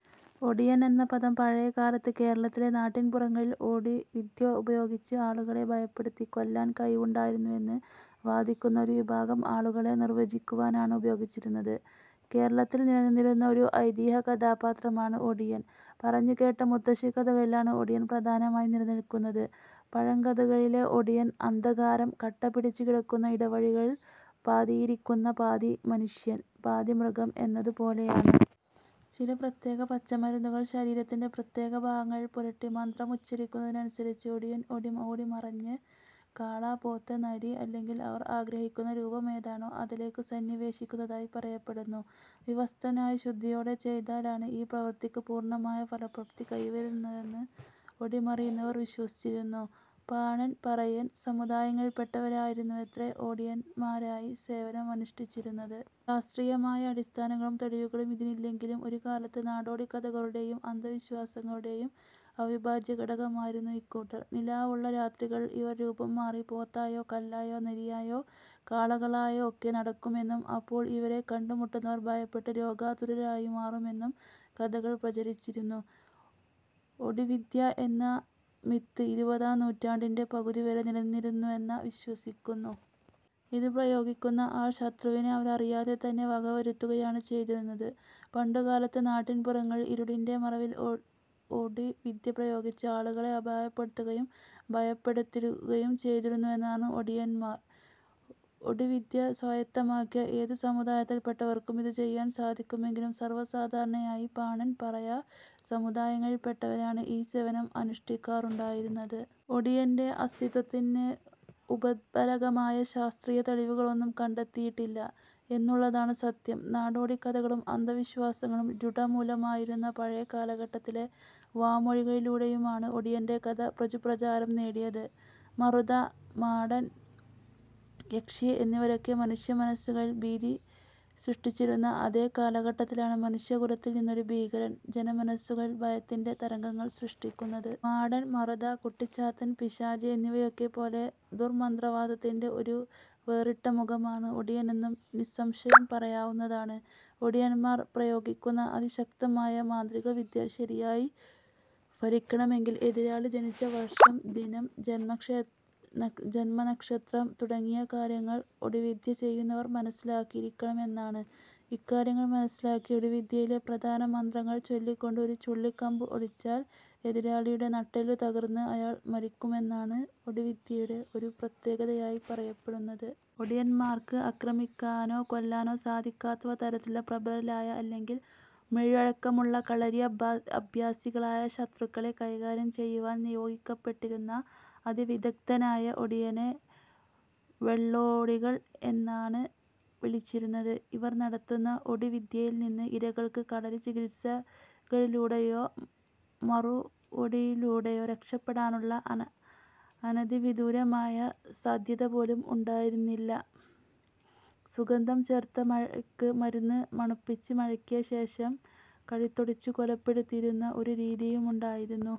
ഒടിയൻ എന്ന പദം പഴയകാലത്ത് കേരളത്തിലെ നാട്ടിൻപുറങ്ങളിൽ ഒടിവിദ്യ ഉപയോഗിച്ച് ആളുകളെ ഭയപ്പെടുത്തി കൊല്ലാൻ കഴിവുണ്ടായിരുന്നുവെന്ന് വാദിക്കുന്ന ഒരു വിഭാഗം ആളുകളെ നിർവ്വചിക്കുവാനാണ് ഉപയോഗിച്ചിരുന്നത്. കേരളത്തിൽ നിലനിന്നിരുന്ന ഒരു ഐതിഹ്യ കഥാപാത്രമാണ് ഒടിയൻ. പറഞ്ഞുകേട്ട മുത്തശ്ശിക്കഥകളിലാണ് ഒടിയൻ പ്രധാനമായും നിലനിൽക്കുന്നത്. പഴങ്കഥകളിലെ ഒടിയൻ, അന്ധകാരം കട്ടപിടിച്ചു കിടക്കുന്ന ഇടവഴികളിൽ പതിയിരിക്കുന്ന പാതി മനുഷ്യൻ പാതി മൃഗം എന്നതു പോലെയാണ്. ചില പ്രത്യേക പച്ചമരുന്നുകൾ ശരീരത്തിൻറെ പ്രത്യേക ഭാഗങ്ങളിൽ പുരട്ടി മന്ത്രമുഛരിക്കുന്നതനുസരിച്ച് ഒടിയൻ ഒടിമറിഞ്ഞ് കാള, പോത്ത്, നരി അല്ലെങ്കിൽ അവർ ആഗ്രഹിക്കുന്ന രൂപം ഏതാണോ അതിലേയ്ക്കു സന്നിവേശിക്കുന്നതായി പറയപ്പെടുന്നു. വിവസ്ത്രനായി ശുദ്ധിയോടെ ചെയ്താലാണ് ഈ പ്രവർത്തിക്കു പൂർണ്ണമായ ഫലപ്രാപ്തി കൈവരുന്നതെന്ന് ഒടിമറിയുന്നവർ വിശ്വസിച്ചിരുന്നു. പാണൻ, പറയൻ സമുദായങ്ങളിൽപ്പെട്ടവരായിരുന്നുവത്രേ ഒടിയൻമാരായി സേവനം അനുഷ്ഠിച്ചിരുന്നത്. ശാസ്ത്രീയമായ അടിസ്ഥാനങ്ങളും തെളിവുകളും ഇതിന്നില്ലെങ്കിലും, ഒരുകാലത്ത് നടോടിക്കഥകളുടെയും, അന്ധവിശ്വാസങ്ങളുടെയും അവിഭാജ്യ ഘടകമായിരുന്നു ഇക്കൂട്ടർ. നിലാവുള്ള രാത്രികളിൽ ഇവർ രൂപം മാറി പോത്തായോ കല്ലായോ നരിയായോ കാളകളായോ ഒക്കെ നടക്കുമെന്നും, അപ്പോൾ ഇവരെ കണ്ടുമുട്ടുന്നവർ ഭയപ്പെട്ട് രോഗാതുരരായി മാറുമെന്നും കഥകൾ പ്രചരിച്ചിരുന്നു. ഒടിവിദ്യ എന്ന മിത്ത് ഇരുപതാം നൂറ്റാണ്ടിന്റെ പകുതി വരെ നിലനിന്നിരുന്നുവെന്ന വിശ്വസിക്കുന്നു. ഇത് പ്രയോഗിക്കുന്ന ആൾ ശത്രുവിനെ അവരറിയാതെ തന്നെ വക വരുത്തുകയാണ് ചെയ്തിരുന്നത്. പണ്ടുകാലത്ത് നാട്ടിൻപുറങ്ങളിൽ ഇരുളിൻറെ മറവിൽ ഒടിവിദ്യ പ്രയോഗിച്ച് ആളുകളെ അപായപ്പെടുത്തുകയും ഭയപ്പെടുത്തുകയും ചെയ്തിരുന്നവരാണ് ഒടിയന്മാർ. ഒടിവിദ്യ സ്വായത്തമാക്കിയ ഏതു സമുദായത്തിൽപ്പെട്ടവർക്കും ഇതു ചെയ്യാൻ സാധിക്കുമെങ്കിലും സർവ്വസാധാരണയായി പാണൻ, പറയ സമുദായങ്ങളിൽപ്പെട്ടവരാണ് ഈ സേവനം അനുഷ്ടിക്കാറുണ്ടായിരുന്നത്. ഒടിയൻറെ അസ്തിത്വത്തിന് ഉപോദ്ബലകമായ ശാസ്ത്രീയ തെളിവുകളൊന്നും കണ്ടെത്തിയിട്ടില്ല എന്നുള്ളതാണ് സത്യം. നാടോടിക്കഥകളും അന്ധവിശ്വാസങ്ങളും രൂഢമൂലമായിരുന്ന പഴയ കാലഘട്ടത്തിലെ വാമൊഴികളിലൂടെയുമാണ് ഒടിയൻറ കഥ പ്രചുര പ്രചാരം നേടിയത്. മറുത, മാടൻ, യക്ഷി എന്നിവരൊക്കെ മനുഷ്യമനസ്സിൽ ഭീതി സൃഷ്ടിച്ചിരുന്ന അതേ കാലഘട്ടത്തിലാണ് മനുഷ്യ കുലത്തിൽ നിന്നൊരു ഭീകരൻ ജനമനസുകളിൽ ഭയത്തിൻറെ തരംഗങ്ങൾ സൃഷ്ടിക്കുന്നത്. മാടൻ, മറുത, കുട്ടിച്ചാത്തൻ, പിശാച് എന്നിവയൊക്കെ പോലെ ദുര്മന്ത്രവാദത്തിന്റെ ഒരു വേറിട്ട മുഖമാണ് ഒടിയനെന്നു നിസ്സംശയം പറയാവുന്നതാണ്. ഒടിയൻമാർ പ്രയോഗിക്കുന്ന അതിശക്തമായ മാന്ത്രികവിദ്യ ശരിയായി ഫലിക്കണമെങ്കിൽ എതിരാളി ജനിച്ച വർഷം, ദിനം, ജൻമനക്ഷത്രം തുടങ്ങിയ കാര്യങ്ങൾ ഒടിവിദ്യ ചെയ്യുന്നവർ മനസ്സിലാക്കിയിരിക്കമെന്നാണ്. ഇക്കാര്യങ്ങൾ മനസ്സിലാക്കി ഒടിവിദ്യയിലെ പ്രധാന മന്ത്രങ്ങൾ ചൊല്ലിക്കൊണ്ട് ഒരു ചുള്ളിക്കമ്പ് ഒടിച്ചാൽ എതിരാളിയുടെ നട്ടെല്ലു തകർന്ന് അയാൾ മരിക്കുമെന്നാണ് ഒടിവിദ്യയുടെ ഒരു പ്രത്യേകതയായി പറയപ്പെടുന്നത്. ഒടിയന്മാർക്ക് ആക്രമിക്കാനോ കൊല്ലാനോ സാധിക്കാത്തവ തരത്തിലുള്ള പ്രബലരായ അല്ലെങ്കിൽ മെയ്വഴക്കമുള്ള കളരിഅഭ്യസികളായ ശത്രുക്കളെ കൈകാര്യം ചെയ്യുവാൻ നിയോഗിക്കപ്പെട്ടിരുന്ന അതിവിദഗ്ദ്ധനായ ഒടിയനെ "വെള്ളൊടികൾ" എന്നാണ് വിളിച്ചിരുന്നത്. ഇവർ നടത്തുന്ന ഒടി വിദ്യയിൽനിന്ന് ഇരകൾക്ക് കളരി ചികിത്സകളിലൂടെയോ മറുവൊടിയിലൂടെ രക്ഷപ്പെടാനുള്ള അനതിവിദൂരമായ സാധ്യതപോലും ഉണ്ടായിരുന്നില്ല. സുഗന്ധം ചേർത്ത മയക്ക് മരുന്ന് മണപ്പിച്ച് മയക്കിയ ശേഷം കഴുത്തൊടിച്ചു കൊലപ്പെടുത്തിയിരുന്ന ഒരു രീതിയുമുണ്ടായിരുന്നു.